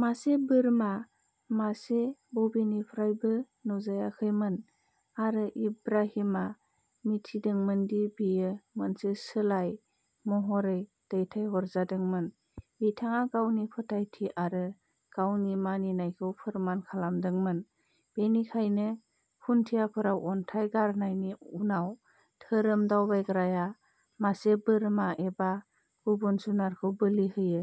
मासे बोरमा मासे बबेनिफ्रायबो नुजायाखैमोन, आरो इब्राहिमआ मिथिदोंमोन दि बेयो मोनसे सोलाय महरै दैथायहरजादोंमोन बिथाङा गावनि फोथायथि आरो गावनि मानिनायखौ फोरमान खालामदोंमोन। बेनिखायनो, खुन्थियाफोराव अन्थाइ गारनायनि उनाव, धोरोम दावबायग्राया मासे बोरमा एबा गुबुन जुनारखौ बोलि होयो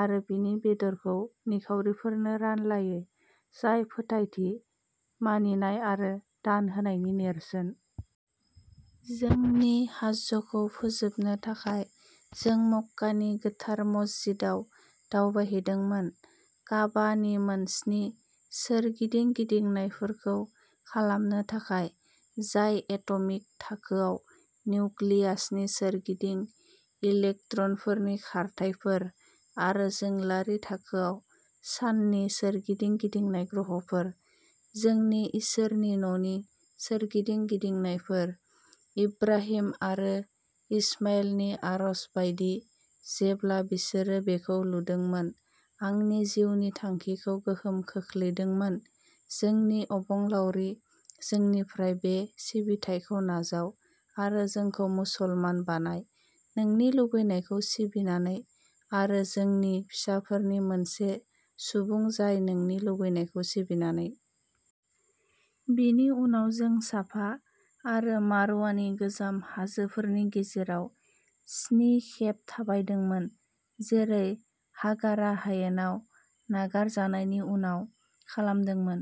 आरो बिनि बेदरखौ निखावरिफोरनो रानलायो, जाय फोथायथि, मानिनाय आरो दान होनायनि नेरसोन। जोंनि हाज्जखौ फोजोबनो थाखाय, जों मक्कानि गोथार मस्जिदाव दावबायहैदोंमोन काबा नि मोनस्नि सोरगिदिं गिदिंनायफोरखौ खालामनो थाखाय, जाय एट'मिक थाखोआव निउक्लियासनि सोरगिदिं इलेक्ट्रनफोरनि खारथाइफोर, आरो जोंलारि थाखोआव साननि सोरगिदिं गिदिंनाय ग्रहफोर। जोंनि इसोरनि न'नि सोरगिदिं गिदिंनायफोर, इब्राहिम आरो इश्माइलनि आरज बायदि जेब्ला बिसोरो बेखौ लुदोंमोन, आंनि जिउनि थांखिखौ गोहोम खोख्लैदोंमोन जोंनि अबंलावरि, जोंनिफ्राय बे सिबिथायखौ नाजाव आरो जोंखौ मुसलमान बानाय, नोंनि लुबैनायखौ सिबिनानै, आरो जोंनि फिसाफोरनि मोनसे सुबुं जाय नोंनि लुबैनायखौ सिबिनानै। बिनि उनाव जों साफा आरो मारवानि गोजाम हाजोफोरनि गेजेराव स्नि खेब थाबायदोंमोन जेरै हागारा हायेनाव नागारजानायनि उनाव खालामदोंमोन।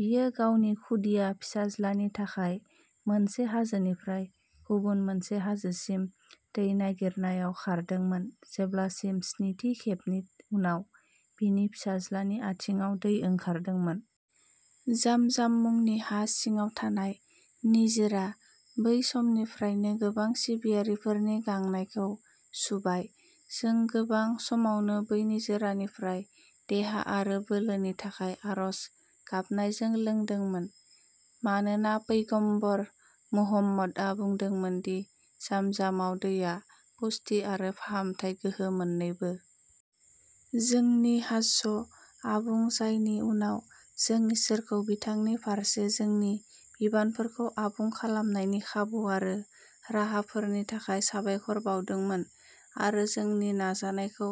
बियो गावनि खुदिया फिसाज्लानि थाखाय मोनसे हाजोनिफ्राय गुबुन मोनसे हाजोसिम दै नागिरनायाव खारदोंमोन जेब्लासिम स्निथि खेबनि उनाव, बिनि फिसाज्लानि आथिंआव दै ओंखारदोंमोन। जामजाम मुंनि हा सिङाव थानाय निजिरा, बै समनिफ्रायनो गोबां सिबियारिफोरनि गांनायखौ सुबाय। जों गोबां समावनो बै निजोरानिफ्राय देहा आरो बोलोनि थाखाय आरज गाबनायजों लोंदोंमोन, मानोना पैगम्बर मुहम्मदआ बुंदोंमोन दि जामजामाव दैआ पुष्टि आरो फाहामथाय गोहो मोन्नैबो। जोंनि हाज्ज आबुं जानायनि उनाव, जों इसोरखौ बिथांनि फारसे जोंनि बिबानफोरखौ आबुं खालामनायनि खाबु आरो राहाफोरनि थाखाय साबायखर बावदोंमोन आरो जोंनि नाजानायखौ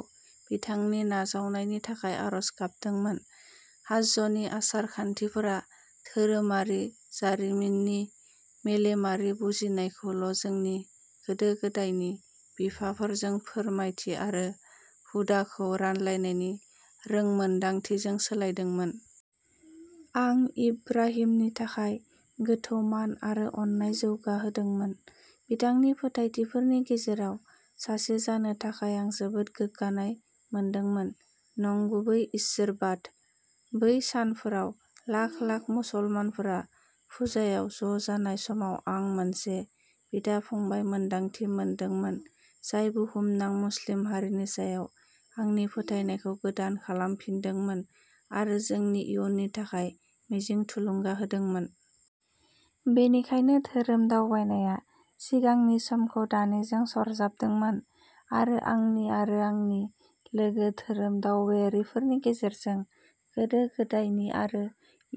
बिथांनि नाजावनायनि थाखाय आरज गाबदोंमोन। हाज्जनि आसार खान्थिफोरा धोरोमारि जारिमिननि मेलेमारि बुजिनायखौल' जोंनि गोदो-गोदायनि बिफाफोरजों फोरमायथि आरो हुदाखौ रानलायनायनि रोंमोनदांथिजों सोलायदोंमोन। आं इब्राहिमनि थाखाय गोथौ मान आरो अननाय जौगाहोदोंमोन। बिथांनि फोथायथिफोरनि गेजेराव सासे जानो थाखाय आं जोबोद गोग्गानाय मोनदोंमोन नंगुबै इसोरबाद। बै सानफोराव लाख-लाख मुसलमानफोरा फुजायाव ज'जानाय समाव, आं मोनसे बिदा-फंबाय मोन्दांथि मोनदोंमोन जाय बुहुमनां मुस्लिम हारिनि सायाव आंनि फोथायनायखौ गोदान खालामफिनदोंमोन आरो जोंनि इयुननि थाखाय मिजिं थुलुंगा होदोंमोन। बेनिखायनो, धोरोम दावबायनाया सिगांनि समखौ दानिजों सरजाबदोंमोन आरो, आंनि आरो आंनि लोगो धोरोम दावबायारिफोरनि गेजेरजों, गोदो-गोदायनि आरो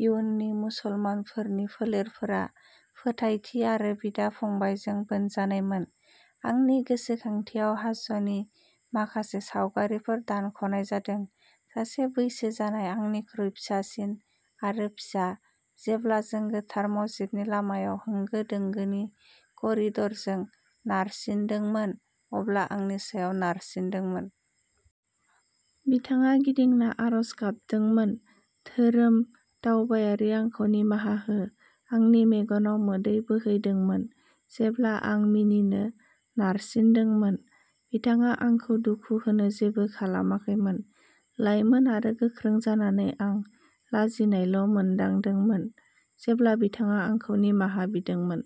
इयुननि मुसलमानफोरनि फोलेरफोरा फोथायथि आरो बिदा-फंबायजों बोनजानायमोन। आंनि गोसोखांथियाव हाज्जनि माखासे सावगारिफोर दानख'नाय जादों। सासे बैसो जानाय, आंनिख्रुइ फिसासिन आरो फिसा, जेब्ला जों गोथार मस्जिदनि लामायाव होंगो-दोंगोनि करिडरजों नारसिनदोंमोन, अब्ला आंनि सायाव नारसिन्दोंमोन। बिथाङा गिदिंना आर'ज गाबदोंमोन, धोरोम दावबायारि, आंखौ निमाहा हो। आंनि मेगनाव मोदै बोहैदोंमोन जेब्ला आं मिनिनो नारसिनदोंमोन। बिथाङा आंखौ दुखु होनो जेबो खालामाखैमोन। लाइमोन आरो गोख्रों जानानै, आं लाजिनायल' मोनदांदोंमोन जेब्ला बिथाङा आंखौ निमाहा बिदोंमोन।